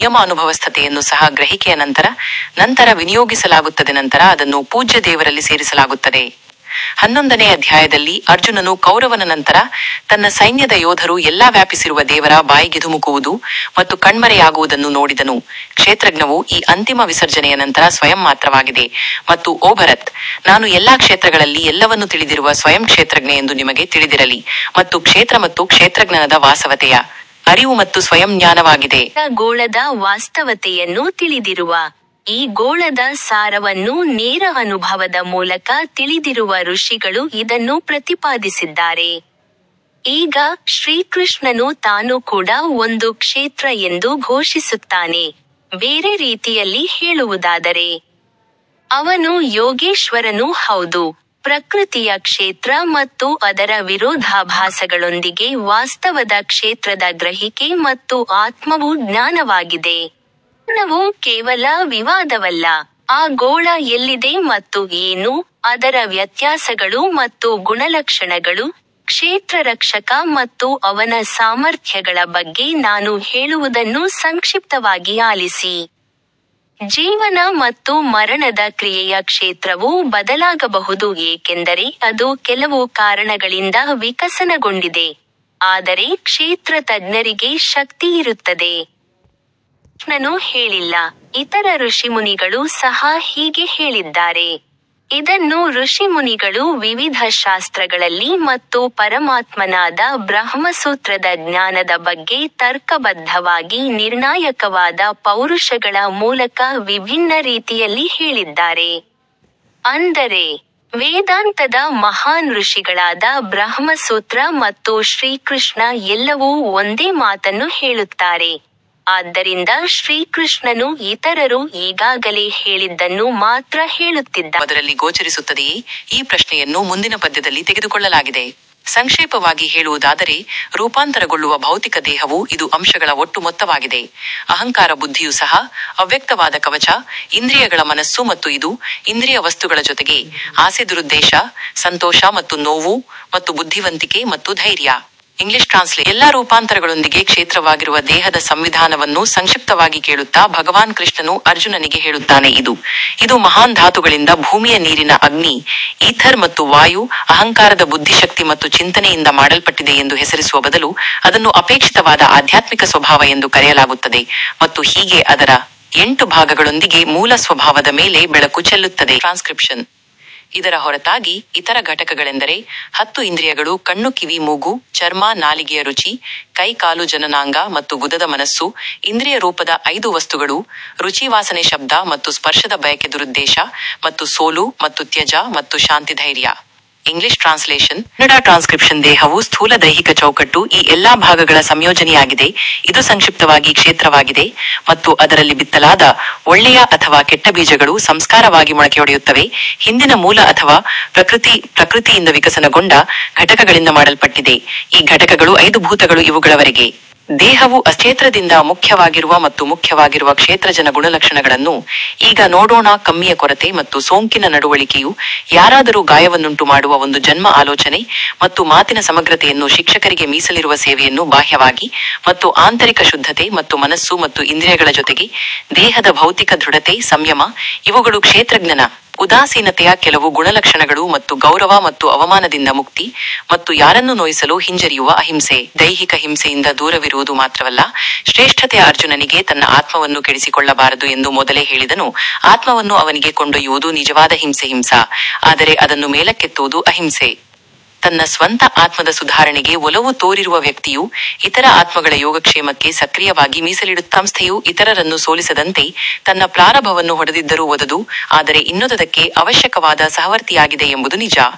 ಮತ್ತು ದೈವತ್ವದ ನಿಧಿಯ ಉಪಯುಕ್ತತೆಯನ್ನು ಸಹ ಗ್ರಹಿಕೆಯ ಹಂತದ ನಂತರ ವಿನಿಯೋಗಿಸಲಾಗುತ್ತದೆ ನಂತರ ಅದನ್ನು ಪೂಜ್ಯ ದೇವರಲ್ಲಿ ಸೇರಿಸಲಾಗುತ್ತದೆ. ಹನ್ನೊಂದನೇ ಅಧ್ಯಾಯದಲ್ಲಿ ಅರ್ಜುನನು ಕೌರವನ ನಂತರ ತನ್ನ ಸೈನ್ಯದ ಯೋಧರು ಎಲ್ಲಾ ವ್ಯಾಪಿಸಿರುವ ದೇವರ ಬಾಯಿಗೆ ಧುಮುಕುವುದು ಮತ್ತು ಕಣ್ಮರೆಯಾಗುವುದನ್ನು ನೋಡಿದನು. ಕ್ಷೇತ್ರಜ್ಞವು ಈ ಅಂತಿಮ ವಿಸರ್ಜನೆಯ ನಂತರ ಸ್ವಯಂ ಪಾತ್ರವಾಗಿದೆ ಮತ್ತು ಓ ಭರತ್ ನಾನು ಎಲ್ಲಾ ಕ್ಷೇತ್ರಗಳಲ್ಲಿ ಎಲ್ಲವನ್ನೂ ತಿಳಿದಿರುವ ಸ್ವಯಂ ಕ್ಷೇತ್ರಜ್ಞ ಎಂದು ನಿಮಗೆ ತಿಳಿದಿರಲಿ ಮತ್ತು ಕ್ಷೇತ್ರ ಮತ್ತು ಕ್ಷೇತ್ರಜ್ಞಾನದ ವಾಸ್ತವತೆಯ ಅರಿವು ಮತ್ತು ಸ್ವಯಂ ಜ್ಞಾನವಾಗಿದೆ. ದೇಹದ ಗೋಳದ ವಾಸ್ತವವನ್ನು ತಿಳಿದವನು ಕ್ಷೇತ್ರಜ್ಞ ಪ್ರತ್ಯಕ್ಷ ಅನುಭವದಿಂದ ಈ ಗೋಳದ ಸಾರವನ್ನು ತಿಳಿದ ಋಷಿಗಳು ಇದನ್ನು ಪ್ರತಿಪಾದಿಸಿದ್ದಾರೆ. ಈಗ ಶ್ರೀಕೃಷ್ಣನು ತಾನೂ ಕ್ಷೇತ್ರಜ್ಞನೆಂದು ಸಾರುತ್ತಾನೆ ಬೇರೆ ರೀತಿಯಲ್ಲಿ ಹೇಳುವುದಾದರೆ ಅವರೂ ಒಬ್ಬ ಯೋಗೇಶ್ವರರು ಪ್ರಕೃತಿಯ ಕ್ಷೇತ್ರ ಮತ್ತು ಕ್ಷೇತ್ರಜ್ಞದ ವಾಸ್ತವದ ಗ್ರಹಿಕೆ ಅದರ ವಿರೋಧಾಭಾಸಗಳೊಂದಿಗೆ ಮತ್ತು ಆತ್ಮವು ಜ್ಞಾನವಾಗಿದೆ. ಜ್ಞಾನವು ಕೇವಲ ವಿವಾದವಲ್ಲ ಆ ಗೋಳದ ಎಲ್ಲಿಂದ ಮತ್ತು ಏನು ಮತ್ತು ಅದರ ವ್ಯತ್ಯಾಸಗಳು ಮತ್ತು ಗುಣಲಕ್ಷಣಗಳು ಮತ್ತು ಕ್ಷೇತ್ರಜ್ಞ ಮತ್ತು ಅವನ ಸಾಮರ್ಥ್ಯಗಳ ಬಗ್ಗೆ ಸಂಕ್ಷಿಪ್ತವಾಗಿ ನನ್ನ ಮಾತುಗಳನ್ನು ಆಲಿಸಿ. ಜೀವನ ಮತ್ತು ಸಾವಿನ ಕ್ರಿಯೆಯ ಕ್ಷೇತ್ರವು ಬದಲಾಗಬಲ್ಲದು ಏಕೆಂದರೆ ಅದು ಕೆಲವು ಕಾರಣಗಳಿಂದ ವಿಕಸನಗೊಂಡಿದೆ ಆದರೆ ಕ್ಷೇತ್ರಜ್ಞವು ಅಧಿಕಾರವನ್ನು ಹೊಂದಿದೆ. ಇದನ್ನು ಶ್ರೀಕೃಷ್ಣನೇ ಹೇಳುವುದಿಲ್ಲ ಇತರ ಋಷಿಗಳು ಕೂಡ ಇದನ್ನೇ ಹೇಳಿದ್ದಾರೆ ಇದನ್ನು ಋಷಿಮುನಿಗಳು ವಿವಿಧ ಧರ್ಮಗ್ರಂಥಗಳ ಶ್ಲೋಕಗಳಲ್ಲಿ ಮತ್ತು ಪರಮಾತ್ಮನಾದ ಬ್ರಹ್ಮಸೂತ್ರದ ಜ್ಞಾನದ ಬಗ್ಗೆ ತರ್ಕಬದ್ಧವಾದ ನಿರ್ಣಾಯಕ ಪೌರುಷಗಳಿಂದ ವಿವಿಧ ರೀತಿಯಲ್ಲಿ ಹೇಳಲಾಗಿದೆ. ಅಂದರೆ ವೇದಾಂತ ಶ್ರೇಷ್ಠ ಋಷಿಗಳಾದ ಬ್ರಹ್ಮಸೂತ್ರ ಮತ್ತು ಶ್ರೀಕೃಷ್ಣನೆಲ್ಲರೂ ಒಂದೇ ಮಾತನ್ನು ಹೇಳುತ್ತಾರೆ ಆದುದರಿಂದ ಶ್ರೀಕೃಷ್ಣನು ಇತರರು ಈಗಾಗಲೇ ಹೇಳಿದ್ದನ್ನು ಮಾತ್ರ ಹೇಳುತ್ತಿದ್ದಾನೆ. ದೈಹಿಕ ದೇಹವು ಅದರಲ್ಲಿ ಗೋಚರಿಸುತ್ತದೆಯೇ ಈ ಪ್ರಶ್ನೆಯನ್ನು ಮುಂದಿನ ಪದ್ಯದಲ್ಲಿ ತೆಗೆದುಕೊಳ್ಳಲಾಗಿದೆ. ಸಂಕ್ಷಿಪ್ತವಾಗಿ ಹೇಳುವುದಾದರೆ ರೂಪಾಂತರಗೊಳ್ಳುವ ಭೌತಿಕ ದೇಹವು ಐದು ಅಂಶಗಳ ಒಟ್ಟು ಮೊತ್ತವಾಗಿದೆ ಅಹಂಕಾರ ಬುದ್ಧಿಯು ಸಹ ಅವ್ಯಕ್ತವಾದ ಹತ್ತು ಇಂದ್ರಿಯಗಳ ಮನಸ್ಸು ಮತ್ತು ಐದು ಇಂದ್ರಿಯ ವಸ್ತುಗಳ ಜೊತೆಗೆ ಆಸೆ ದುರುದ್ದೇಶ ಸಂತೋಷ ಮತ್ತು ನೋವು ಮತ್ತು ಬುದ್ಧಿವಂತಿಕೆ ಮತ್ತು ಸ್ಥೈರ್ಯ. ಎಲ್ಲಾ ರೂಪಾಂತರಗಳೊಂದಿಗೆ ಕ್ಷೇತ್ರವಾಗಿರುವ ದೇಹದ ಸಂವಿಧಾನವನ್ನು ಸಂಕ್ಷಿಪ್ತವಾಗಿ ಹೇಳುತ್ತಾ ಭಗವಾನ್ ಕೃಷ್ಣನು ಅರ್ಜುನನಿಗೆ ಹೇಳುತ್ತಾನೆ ಇದು ಐದು ಮಹಾನ್ ಧಾತುಗಳಿಂದ ಭೂಮಿಯ ನೀರಿನ ಅಗ್ನಿ ಈಥರ್ ಮತ್ತು ವಾಯು ಅಹಂಕಾರದ ಬುದ್ಧಿಶಕ್ತಿ ಮತ್ತು ಚಿಂತನೆಯಿಂದ ಮಾಡಲ್ಪಟ್ಟಿದೆ ಎಂದು ಹೆಸರಿಸುವ ಬದಲು ಅದನ್ನು ಅವ್ಯಕ್ತವಾದ ಆಧ್ಯಾತ್ಮಿಕ ಸ್ವಭಾವ ಎಂದು ಕರೆಯಲಾಗುತ್ತದೆ ಮತ್ತು ಹೀಗೆ ಅದರ ಎಂಟು ಭಾಗಗಳೊಂದಿಗೆ ಮೂಲ ಸ್ವಭಾವದ ಮೇಲೆ ಬೆಳಕು ಚೆಲ್ಲುತ್ತದೆ. ಇದರ ಹೊರತಾಗಿ ಇತರ ಘಟಕಗಳೆಂದರೆ ಹತ್ತು ಇಂದ್ರಿಯಗಳು ಕಣ್ಣು ಕಿವಿ ಮೂಗು ಚರ್ಮ ನಾಲಿಗೆಯ ರುಚಿ ಕೈ ಕಾಲು ಜನನಾಂಗ ಮತ್ತು ಗುದದ ಮನಸ್ಸು ಇಂದ್ರಿಯ ರೂಪದ ಐದು ವಸ್ತುಗಳು ರುಚಿ ವಾಸನೆ ಶಬ್ದ ಮತ್ತು ಸ್ಪರ್ಶದ ಬಯಕೆ ದುರುದ್ದೇಶ ಮತ್ತು ನೋವು ಮತ್ತು ಪ್ರಜ್ಞೆ ಮತ್ತು ಶಾಂತ ಧೈರ್ಯ. ದೇಹವು ಸ್ಥೂಲ ದೈಹಿಕ ಚೌಕಟ್ಟು ಈ ಎಲ್ಲಾ ಭಾಗಗಳ ಸಂಯೋಜನೆಯಾಗಿದೆ ಇದು ಸಂಕ್ಷಿಪ್ತವಾಗಿ ಕ್ಷೇತ್ರವಾಗಿದೆ ಮತ್ತು ಅದರಲ್ಲಿ ಬಿತ್ತಲಾದ ಒಳ್ಳೆಯ ಅಥವಾ ಕೆಟ್ಟ ಬೀಜಗಳು ಸಂಸ್ಕಾರವಾಗಿ ಮೊಳಕೆಯೊಡೆಯುತ್ತವೆ ಹಿಂದಿನ ಮೂಲ ಅಥವಾ ಪ್ರಕೃತಿ ಪ್ರಕೃತಿಯಿಂದ ವಿಕಸನಗೊಂಡ ಘಟಕಗಳಿಂದ ಮಾಡಲ್ಪಟ್ಟಿದೆ ಈ ಘಟಕಗಳು ಬದುಕುಳಿಯುವವರೆಗೆ ದೇಹವು ಅಸ್ತಿತ್ವದಲ್ಲಿರಬೇಕು. ಈ ಕ್ಷೇತ್ರದಿಂದ ಮುಕ್ತವಾಗಿರುವ ಮತ್ತು ಮುಕ್ತವಾಗಿರುವ ಕ್ಷೇತ್ರಜ್ಞನ ಗುಣಲಕ್ಷಣಗಳನ್ನು ಈಗ ನೋಡೋಣ. ಹೆಮ್ಮೆಯ ಕೊರತೆ ಮತ್ತು ಸೊಕ್ಕಿನ ನಡವಳಿಕೆಯು ಯಾರಿಗಾದರೂ ಗಾಯವನ್ನುಂಟುಮಾಡುವ ಒಲವು ಕ್ಷಮೆ ಆಲೋಚನೆ ಮತ್ತು ಮಾತಿನ ಸಮಗ್ರತೆಯನ್ನು ಶಿಕ್ಷಕರಿಗೆ ಮೀಸಲಿಡುವ ಸೇವೆಯನ್ನು ಬಾಹ್ಯವಾಗಿ ಮತ್ತು ಆಂತರಿಕ ಶುದ್ಧತೆ ಮತ್ತು ಮನಸ್ಸು ಮತ್ತು ಇಂದ್ರಿಯಗಳ ಜೊತೆಗೆ ದೇಹದ ನೈತಿಕ ದೃಢತೆ ಸಂಯಮ ಇವುಗಳು ಕ್ಷೇತ್ರಜ್ಞನ ಉದಾಸೀನತೆಯ ಕೆಲವು ಗುಣಲಕ್ಷಣಗಳು ಮತ್ತು ಗೌರವ ಮತ್ತು ಅವಮಾನದಿಂದ ಮುಕ್ತಿ ಮತ್ತು ಯಾರನ್ನೂ ನೋಯಿಸಲು ಹಿಂಜರಿಯುವ ಅಹಿಂಸೆ. ಅಹಿಂಸಾ ಎಂದರೆ ದೈಹಿಕ ಹಿಂಸೆಯಿಂದ ದೂರವಿರುವುದು ಮಾತ್ರವಲ್ಲ ಶ್ರೀಕೃಷ್ಣನು ಅರ್ಜುನನಿಗೆ ತನ್ನ ಆತ್ಮವನ್ನು ಕೆಡಿಸಿಕೊಳ್ಳಬಾರದು ಎಂದು ಮೊದಲೇ ಹೇಳಿದನು ಆತ್ಮವನ್ನು ಅವನತಿಗೆ ಕೊಂಡೊಯ್ಯುವುದು ನಿಜವಾದ ಹಿಂಸೆ ಹಿಂಸಾ ಆದರೆ ಅದನ್ನು ಮೇಲಕ್ಕೆತ್ತುವುದು ಅಹಿಂಸೆ. ತನ್ನ ಸ್ವಂತ ಆತ್ಮದ ಸುಧಾರಣೆಗೆ ಒಲವು ತೋರುವ ವ್ಯಕ್ತಿಯು ಇತರ ಆತ್ಮಗಳ ಯೋಗಕ್ಷೇಮಕ್ಕೆ ಸಕ್ರಿಯವಾಗಿ ಮೀಸಲಿಡುತ್ತಾನೆ. ಈ ಸದ್ಗುಣವು ಇತರರನ್ನು ನೋಯಿಸದಂತೆ ತನ್ನ ಪ್ರಾರಂಭವನ್ನು ಹೊಂದಿದ್ದರೂ ಒಂದು ಆದರೆ ಇನ್ನೊಂದಕ್ಕೆ ಅವಶ್ಯಕವಾದ ಸಹವರ್ತಿಯಾಗಿದೆ ಎಂಬುದು ನಿಜ.